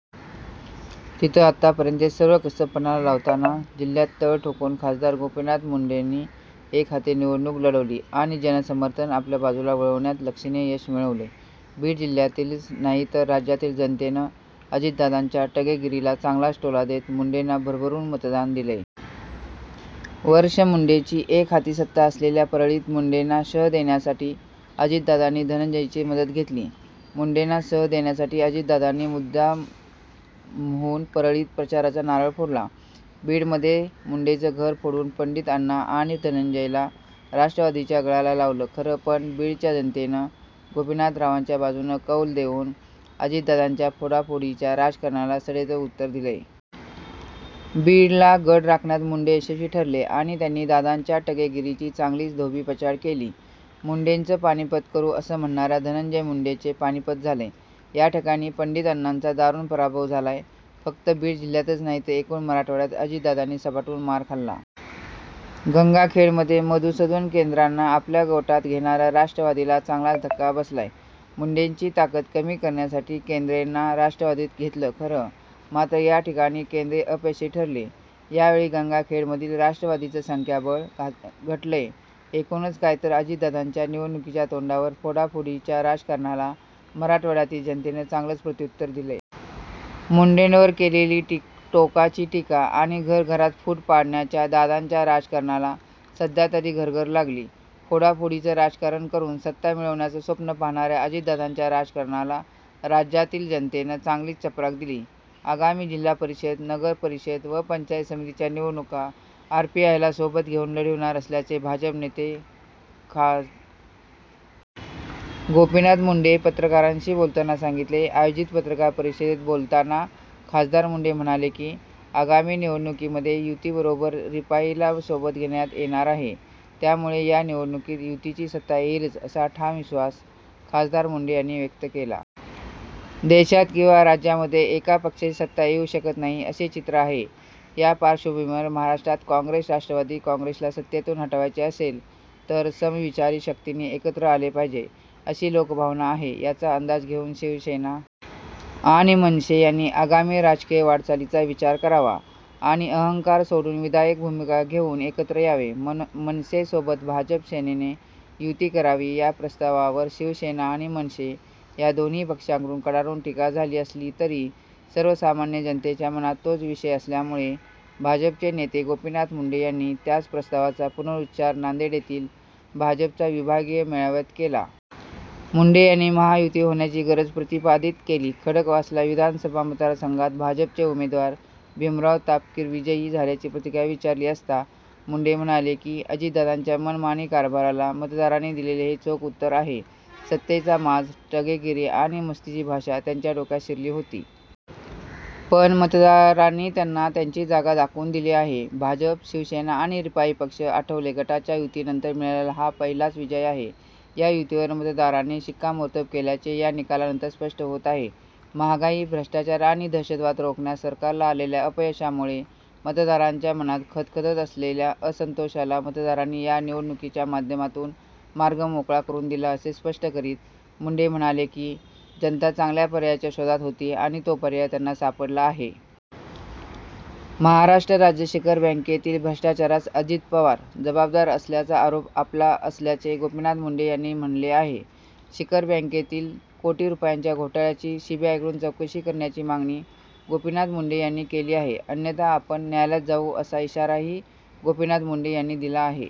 तीत आतापर्यंतचे सर्व कसब पणाला लावताना जिल्ह्य़ात तळ टोकून खासदार गोपीनाथ मुंडेंनी एकहाती निवडणूक लढविली आणि जनसमर्थन आपल्या बाजूला वळवण्यात लक्षणीय यश मिळविले. बीड जिल्ह्यातीलच नाही तर राज्यातील जनतेनं अजितदादांच्या टगेगिरीला चांगलाच टोला देत मुंडेंना भरभरून मतदान दिलंय. वर्ष मुंडेंची एकहाती सत्ता असलेल्या परळीत मुंडेंना शह देण्यासाठी अजितदादांनी धनंजयची मदत घेलली. मुंडेंना शह देण्यासाठी अजितदादांनी मुद्दामहून परळीत प्रचाराचा नारळ फोडला. बीडमध्ये मुंडेंचं घर फोडून पण्डितअण्णा आणि धनंजयला राष्ट्रवादीच्या गळाला लावलं खरं पण बीडच्या जनतेनं गोपीनाथरावांच्या बाजूनं कौल देऊन अजितदादांच्या फोडाफोडीच्या राजकारणाला सडेतोड उत्तर दिलंय. बीडला गड राखण्यात मुंडे यशस्वी ठरले आणि त्यांनी दादांच्या टगेगिरीची चांगलीच धोबीपछाड केलीय. मुंडेंचं पानिपत करू असं म्हणणाऱ्या धनंजय मुंडेंचे पानिपत झालंय. याठिकाणी पण्डितअण्णांचा दारुण पराभव झालाय. फक्त बीड जिल्ह्यातच नाही तर एकूणच मराठवाड्यात अजितदादांनी सपाटून मार खाल्ला. गंगाखेडमध्ये मधूसुदन केन्द्रेंना आपल्या गोटात घेणाऱ्या राष्ट्रवादीला चांगलाच धक्का बसलाय. मुंडेंची ताकद कमी करण्यासाठी केंद्रेंना राष्ट्रवादीत घेतलं खरं मात्र या ठिकाणी केंद्रे अपयशी ठरले. यावेळी गंगाखेडमधील राष्ट्रवादीचं संख्याबळ घटलंय. एकूणच काय तर अजितदादांच्या निवडणुकीच्या तोंडावर फोडाफोडीच्या राजकारणाला मराठवाड्यातील जनतेनं चांगलंच प्रत्यूत्तर दिलंय. मुंडेंवर केलेली टोकाची टीका आणि घर-घरात फुट पाडण्याच्या दादांच्या राजकारणाला सध्यातरी घरघर लागलीय. फोडा-फोडीचं राजकारण करून सत्ता मिळवण्याचं स्वप्न पाहणाऱ्या अजितदादांच्या राजकारणाला राज्यातील जनतेनं चांगलीच चपराक दिलीय. आगामी जिल्हा परिषद, नगर परिषद व पंचायत समितीच्या निवडणुका आरपीआयला सोबत घेऊन लढविणार असल्याचे भाजप नेते खा. गोपीनाथ मुंडे पत्रकारांशी बोलतांना सांगितले. आयोजित पत्रकार परिषदेत बोलतांना खा. मुंडे म्हणाले की, आगामी निवडणुकीमध्ये युती बरोबर रिपाईला सोबत घेण्यात येणार आहे. त्यामुळे या निवडणुकीत युतीची सत्ता येईलच असा ठाम विश्वास खा. मुंडे यांनी व्यक्त केला. देशात किंवा राज्यांमध्ये एका पक्षाची सत्ता येऊ शकत नाही असे चित्र आहे. या पार्श्वभूमीवर महाराष्ट्रात काँग्रेस-राष्ट्रवादी काँग्रेसला सत्तेतून हटवायचे असेल तर समविचारी शक्तींनी एकत्र आले पाहिजे अशी लोकभावना आहे. याचा अंदाज घेऊन शिवसेना आणि मनसे यांनी आगामी राजकीय वाटचालीचा विचार करावा आणि अहंकार सोडून विधायक भूमिका घेऊन एकत्र यावे, मनसेसोबत भाजप -सेनेने युती करावी या प्रस्तावावर शिवसेना आणि मनसे या दोन्ही पक्षांकडून कडाडून टीका झाली असली तरी सर्वसामान्य जनतेच्या मनात तोच विषय असल्यामुळे भाजपचे नेते गोपीनाथ मुंडे यांनी त्याच प्रस्तावाचा पुनरूच्चार नांदेड येथील भाजपचा विभागीय मेळाव्यात केला. मुंडे यांनी महायुती होण्याची गरज प्रतिपादित केली. खडकवासला विधानसभा मतदारसंघात भाजपचे उमेदवार भीमराव तापकीर विजयी झाल्याची प्रतिक्रिया विचारली असता मुंडे म्हणाले की, अजितदादांच्या मनमानी कारभाराला मतदारांनी दिलेले हे चोख उत्तर आहे. सत्तेचा माज, टगेगिरी आणि मस्तीची भाषा त्यांच्या डोक्यात शिरली होती. पण, मतदारांनी त्यांना त्यांची जागा दाखवून दिली आहे. भाजप, शिवसेना आणि रिपाई पक्ष आठवले गटाच्या युतीनंतर मिळालेला हा पहिलाच विजय आहे. या युतीवर मतदारांनी शिक्कामोर्तब केल्याचे या निकालानंतर स्पष्ट होत आहे. महागाई, भ्रष्टाचार आणि दहशतवाद रोखण्यात सरकारला आलेल्या अपयशामुळे मतदारांच्या मनात खदखदत असलेल्या असन्तोषाला मतदारांनी या निवडणुकीच्या माध्यमातून मार्ग मोकळा करून दिला असे स्पष्ट करीत मुंडे म्हणाले की, जनता चांगल्या पर्यायाच्या शोधात होती आणि तो पर्याय त्यांना सापडला आहे.। महाराष्ट्र राज्य शिखर बँकेतील भ्रष्टाचारास अजित पवार जबाबदार असल्याचा आरोप आपला असल्याचे गोपीनाथ मुंडे यांनी म्हणले आहे. शिखर बँकेतील कोटी रुपयांच्या घोटाळ्याची सीबीआयकडून चौकशी करण्याची मागणी गोपीनाथ मुंडे यांनी केली आहे अन्यथा आपण न्यायालयात जाऊ असा इशाराही गोपीनाथ मुंडे यांनी दिला आहे.